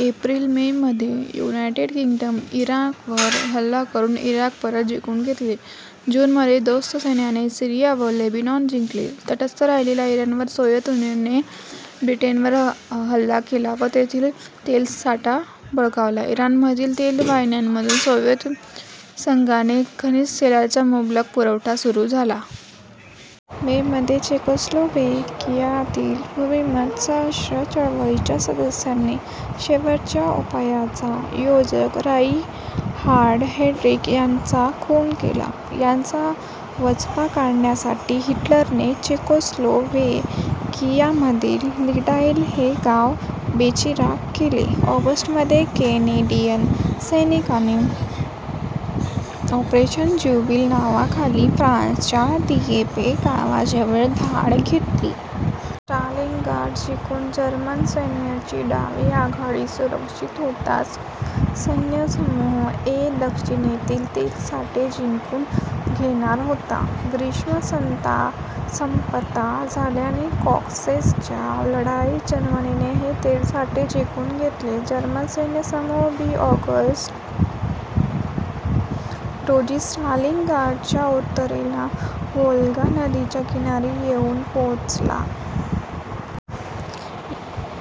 April May मध्ये United किंग्डमने इराकवर हल्ला करून इराक परत जिंकून घेतले. जूनमध्ये दोस्त सैन्याने सीरिया व लेबेनॉन जिंकले. तटस्थ राहिलेल्या इराणवर सोव्हिएत संघाने व ब्रिटनने हल्ला केला व तेथील तेलसाठा बळकावला. इराणमधील तेलवाहिन्यांतून सोव्हिएत संघाला खनिज तेलाचा मुबलक पुरवठा सुरू झाला. मे मध्ये चेकोस्लोव्हेकियातील भूमिगत सशस्त्र चळवळीच्या सद्स्यांनी ' शेवटच्या उपायाचा ' योजक राइनहार्ड हेड्रिख याचा खून केला. याचा वचपा काढण्यासाठी हिटलरने चेकोस्लोव्हेकियामधील लिडाईस हे गाव बेचिराख केले. ऑगस्टमध्ये केनेडीयन सैनिकांनी ऑपरेशन ज्युबिली नावाखाली फ्रान्सच्या दियेपे गावाजवळ धाड घातली. स्टालिनग्राड जिंकून जर्मन सैन्याची डावी आघाडी सुरक्षित होताच सैन्यसमूह ए दक्षिणेतील तेलसाठे जिंकून घेणार होता. ग्रीष्म संपता झालेल्या कॉकेससच्या लढाईत जर्मनीने हे तेलसाठे जिंकून घेतले. जर्मन सैन्यसमूह बी ऑगस्ट, रोजी स्टालिनग्राडच्या उत्तरेला व्होल्गा नदीच्या किनारी येऊन पोचला.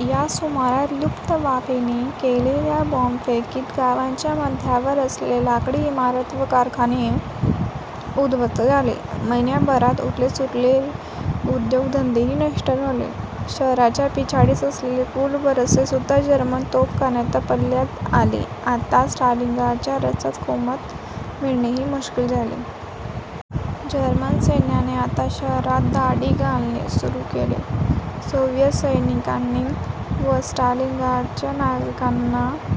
यासुमारास लुफ्तवाफेने केलेल्या बॉम्बफेकीत गावाच्या मध्यावर असलेल्या लाकडी इमारती व कारखाने उद्ध्वस्त झाले. महिन्याभरात उरलेसुरले उद्योग-धंदेही नष्ट झाले व शहराच्या पिछाडीस असलेले पूल व रस्तेसुद्धा जर्मन तोफखान्याच्या पल्ल्यात आले. आता स्टालिनग्राडला रसद/कुमक मिळणेही मुश्किल झाले. जर्मन सैन्याने आता शहरात धाडी घालणे सुरू केले. सोव्हिएत सैनिकांनी व स्टालिनग्राडच्या नागरिकांनी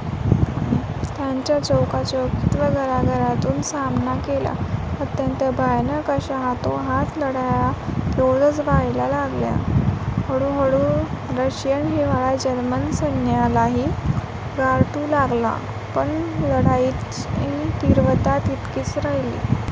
त्यांचा चौकाचौकातून व घराघरातून सामना केला. अत्यंत भयानक अश्या हातोहात लढाया रोजच व्हायला लागल्या. हळूहळू रशियन हिवाळा जर्मन सैन्यालाही गारठू लागला पण लढाईची तीव्रता तितकीच राहिली.